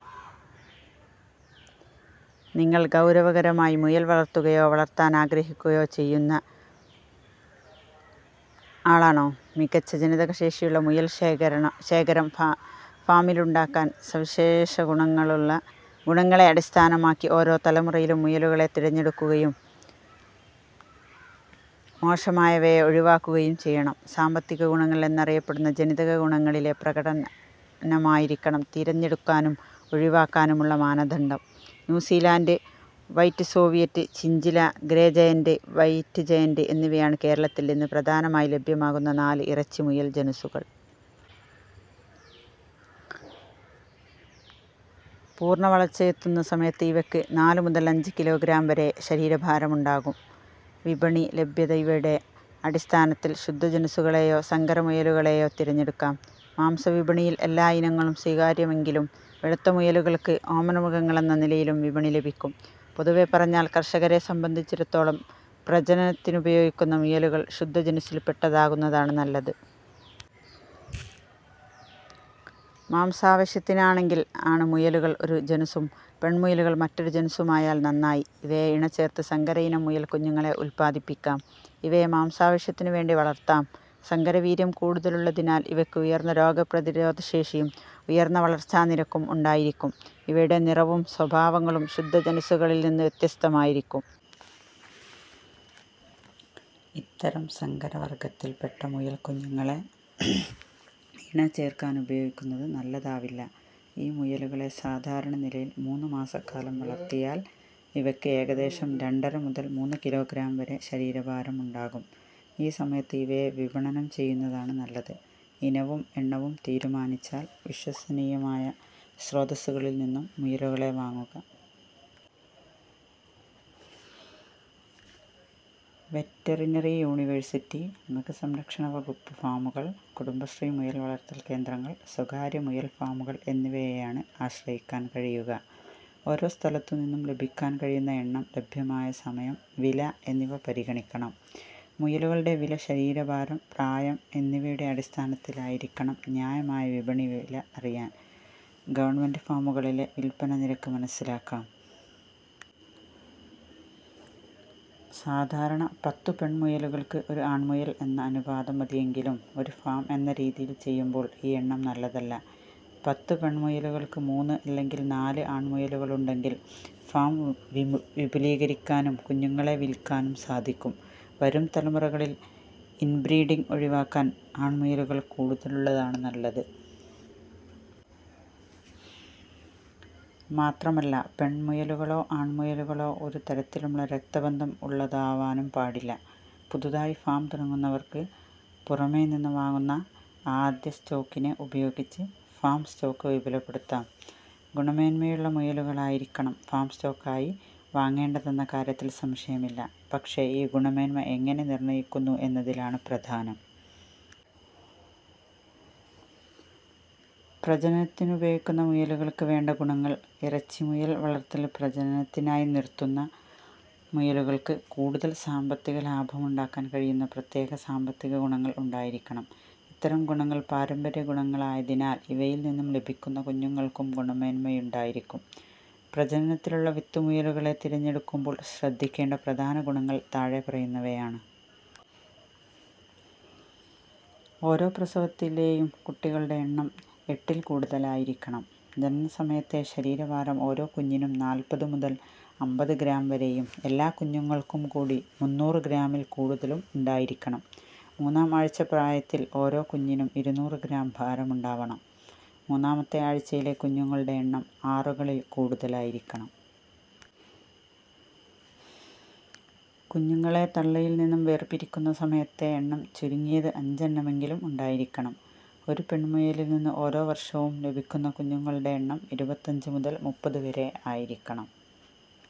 നിങ്ങൾ ഗൗരവകരമായി മുയൽ വളർത്തുകയോ വളർത്താനാഗ്രഹിക്കുകയോ ചെയ്യുന്ന ആളാണോ? മികച്ച ജനിതക ശേഷിയുള്ള മുയൽ ശേഖരണം ശേഖരം ഫാമിലുണ്ടാകാൻ സവിശേഷ ഗുണങ്ങളെ അടിസ്ഥാനമാക്കി ഓരോ തലമുറയിലും മുയലുകളെ തിരഞ്ഞെടുക്കുകയും മോശമായവയെ ഒഴിവാക്കുകയും ചെയ്യണം. സാമ്പത്തിക ഗുണങ്ങൾ എന്നറിയപ്പെടുന്ന ജനിതക ഗുണങ്ങളിലെ പ്രകടനമായിരിക്കണം തിരഞ്ഞെടുക്കാനും ഒഴിവാക്കാനുമുള്ള മാനദണ്ഡം. New Zealand white, Soviet chinchilla, grey giant, white giant എന്നിവയാണ് കേരളത്തിൽ ഇന്ന് പ്രധാനമായി ലഭ്യമാകുന്ന നാല് ഇറച്ചി മുയൽ ജനുസുകൾ. പൂർണ്ണ വളർച്ചയെത്തുന്ന സമയത്ത് ഇവയ്ക്ക് നാല് മുതൽ അഞ്ച് കിലോഗ്രാം വരെ ശരീരഭാരമുണ്ടാകും. വിപണി, ലഭ്യത ഇവയുടെ അടിസ്ഥാനത്തിൽ ശുദ്ധ ജനുസുകളെയോ സങ്കര മുയലുകളെയോ തിരഞ്ഞെടുക്കാം. മാംസ വിപണിയിൽ എല്ലാ ഇനങ്ങളും സ്വീകാര്യമെങ്കിലും വെളുത്ത മുയലുകൾക്ക് ഓമനമൃഗങ്ങളെന്ന നിലയിലും വിപണി ലഭിക്കും. പൊതുവെ പറഞ്ഞാൽ കർഷകരെ സംബന്ധിച്ചിടത്തോളം പ്രജനനത്തിനുപയോഗിക്കുന്ന മുയലുകൾ ശുദ്ധ ജനുസിൽപ്പെട്ടതാകുന്നതാണ് നല്ലത്. മാംസാവശ്യത്തിനാണെങ്കിൽ ആണ് മുയലുകൾ ഒരു ജനുസും പെൺ മുയലുകൾ മറ്റൊരു ജനുസുമായാൽ നന്നായി. ഇവയെ ഇണ ചേർത്ത് സങ്കരയിനം മുയൽ കുഞ്ഞുങ്ങളെ ഉൽപാദിപ്പിക്കാം. ഇവയെ മാംസാവശ്യത്തിനു വേണ്ടി വളർത്താം. സങ്കരവീര്യം കൂടുതലുള്ളതിനാൽ ഇവയ്ക്ക് ഉയർന്ന രോഗപ്രതിരോധശേഷിയും, ഉയർന്ന വളർച്ചാ നിരക്കും ഉണ്ടായിരിക്കും. ഇവയുടെ നിറവും സ്വഭാവങ്ങളും ശുദ്ധ ജനുസുകളിൽനിന്ന് വ്യത്യസ്തമായിരിക്കും. ഇത്തരം സങ്കര വർഗ്ഗത്തിൽപ്പെട്ട മുയൽ കുഞ്ഞുങ്ങളെ ഇണ ചേർക്കാൻ ഉപയോഗിക്കുന്നത് നല്ലതാവില്ല. ഈ മുയലുകളെ സാധാരണ നിലയിൽ മൂന്നു മാസം കാലം വളർത്തിയാൽ ഇവയ്ക്ക് ഏകദേശം രണ്ടര മുതൽ മൂന്ന് കിലോഗ്രാം വരെ ശരീരഭാരം ഉണ്ടാകും. ഈ സമയത്ത് ഇവയെ വിപണനം ചെയ്യുന്നതാണ് നല്ലത്. ഇനവും, എണ്ണവും തീരുമാനിച്ചാൽ വിശ്വസനീയമായ സ്രോതസുകളിൽനിന്നും മുയലുകളെ വാങ്ങുക. വെറ്ററിനറി യൂണിവേഴ്സിറ്റി, മൃഗസംരക്ഷണ വകുപ്പ് ഫാമുകൾ, കുടുംബശ്രീ മുയൽ വളർത്തൽ കേന്ദ്രങ്ങൾ, സ്വകാര്യ മുയൽ ഫാമുകൾ എന്നിവയെയാണ് ആശ്രയിക്കാൻ കഴിയുക. ഓരോ സ്ഥലത്തുനിന്നും ലഭിക്കാൻ കഴിയുന്ന എണ്ണം, ലഭ്യമായ സമയം, വില എന്നിവ പരിഗണിക്കണം. മുയലുകളുടെ വില ശരീരഭാരം, പ്രായം എന്നിവയുടെ അടിസ്ഥാനത്തിലായിരിക്കണം. ന്യായമായ വിപണി വില അറിയാൻ ഗവൺമെൻ്റ് ഫാമുകളിലെ വിൽപ്പന നിരക്ക് മനസ്സിലാക്കാം. സാധാരണ പത്തു പെൺ മുയലുകൾക്ക് ഒരു ആൺമുയൽ എന്ന അനുപാതം മതിയെങ്കിലും ഒരു ഫാം എന്ന രീതിയിൽ ചെയ്യുമ്പോൾ ഈ എണ്ണം നല്ലതല്ല. പത്ത് പെൺമുയലുകൾക്ക് മൂന്ന് അല്ലെങ്കിൽ നാല് ആൺമുയലുകളുണ്ടെങ്കിൽ ഫാം വിപുലീകരിക്കാനും കുഞ്ഞുങ്ങളെ വിൽക്കാനും സാധിക്കും. വരും തലമുറകളിൽ ഇൻബ്രീഡിങ് ഒഴിവാക്കാൻ ആൺമുയലുകൾ കൂടുതലുള്ളതാണ് നല്ലത്. മാത്രമല്ല പെൺമുയലുകളോ ആൺമുയലുകളോ ഒരു തരത്തിലുമുള്ള രക്തബന്ധം ഉള്ളതാവാനും പാടില്ല. പുതുതായി ഫാം തുടങ്ങുന്നവർക്ക് പുറമേനിന്ന് വാങ്ങുന്ന ആദ്യ സ്റ്റോക്കിനെ ഉപയോഗിച്ച് ഫാം സ്റ്റോക്ക് വിപുലപ്പെടുത്താം. ഗുണമേന്മയുള്ള മുയലുകളായിരിക്കണം ഫാം സ്റ്റോക്കായി വാങ്ങേണ്ടതെന്ന കാര്യത്തിൽ സംശയമില്ല. പക്ഷേ ഈ ഗുണമേന്മ എങ്ങനെ നിർണ്ണയിക്കുന്നു എന്നതിലാണ് പ്രധാനം. പ്രജനനത്തിനുപയോഗിക്കുന്ന മുയലുകൾക്ക് വേണ്ട ഗുണങ്ങൾ: ഇറച്ചി മുയൽ വളർത്തലിൽ പ്രജനനത്തിനായി നിർത്തുന്ന മുയലുകൾക്ക് കൂടുതൽ സാമ്പത്തിക ലാഭമുണ്ടാക്കാൻ കഴിയുന്ന പ്രത്യേക സാമ്പത്തിക ഗുണങ്ങൾ ഉണ്ടായിരിക്കണം. ഇത്തരം ഗുണങ്ങൾ പാരമ്പര്യ ഗുണങ്ങളായതിനാൽ ഇവയിൽനിന്നും ലഭിക്കുന്ന കുഞ്ഞുങ്ങൾക്കും ഗുണമേന്മയുണ്ടായിരിക്കും. പ്രജനനത്തിനുള്ള വിത്തുമുയലുകളെ തിരഞ്ഞെടുക്കുമ്പോൾ ശ്രദ്ധിക്കേണ്ട പ്രധാന ഗുണങ്ങൾ താഴെ പറയുന്നവയാണ്. ഓരോ പ്രസവത്തിലെയും കുട്ടികളുടെ എണ്ണം എട്ടിൽ കൂടുതലായിരിക്കണം. ജനനസമയത്തെ ശരീരഭാരം ഓരോ കുഞ്ഞിനും നാൽപ്പത് മുതൽ അമ്പത് ഗ്രാം വരെയും, എല്ലാ കുഞ്ഞുങ്ങൾക്കും കൂടി മുന്നൂറ് ഗ്രാമിൽ കൂടുതലും ഉണ്ടായിരിക്കണം. മൂന്നാം ആഴ്ച പ്രായത്തിൽ ഓരോ കുഞ്ഞിനും ഇരുന്നൂറ് ഗ്രാം ഭാരമുണ്ടാകണം. മൂന്നാമത്തെ ആഴ്ചയിലെ കുഞ്ഞുങ്ങളുടെ എണ്ണം ആറുകളിൽ കൂടുതലായിരിക്കണം. കുഞ്ഞുങ്ങളെ തള്ളയിൽനിന്നും വേർപിരിക്കുന്ന സമയത്തെ എണ്ണം ചുരുങ്ങിയത് അഞ്ച് എണ്ണമെങ്കിലും ഉണ്ടായിരിക്കണം. ഒരു പെൺമുയലിൽനിന്ന് ഓരോ വർഷവും ലഭിക്കുന്ന കുഞ്ഞുങ്ങളുടെ എണ്ണം ഇരുപത്തഞ്ച് മുതൽ മുപ്പത് വരെ ആയിരിക്കണം.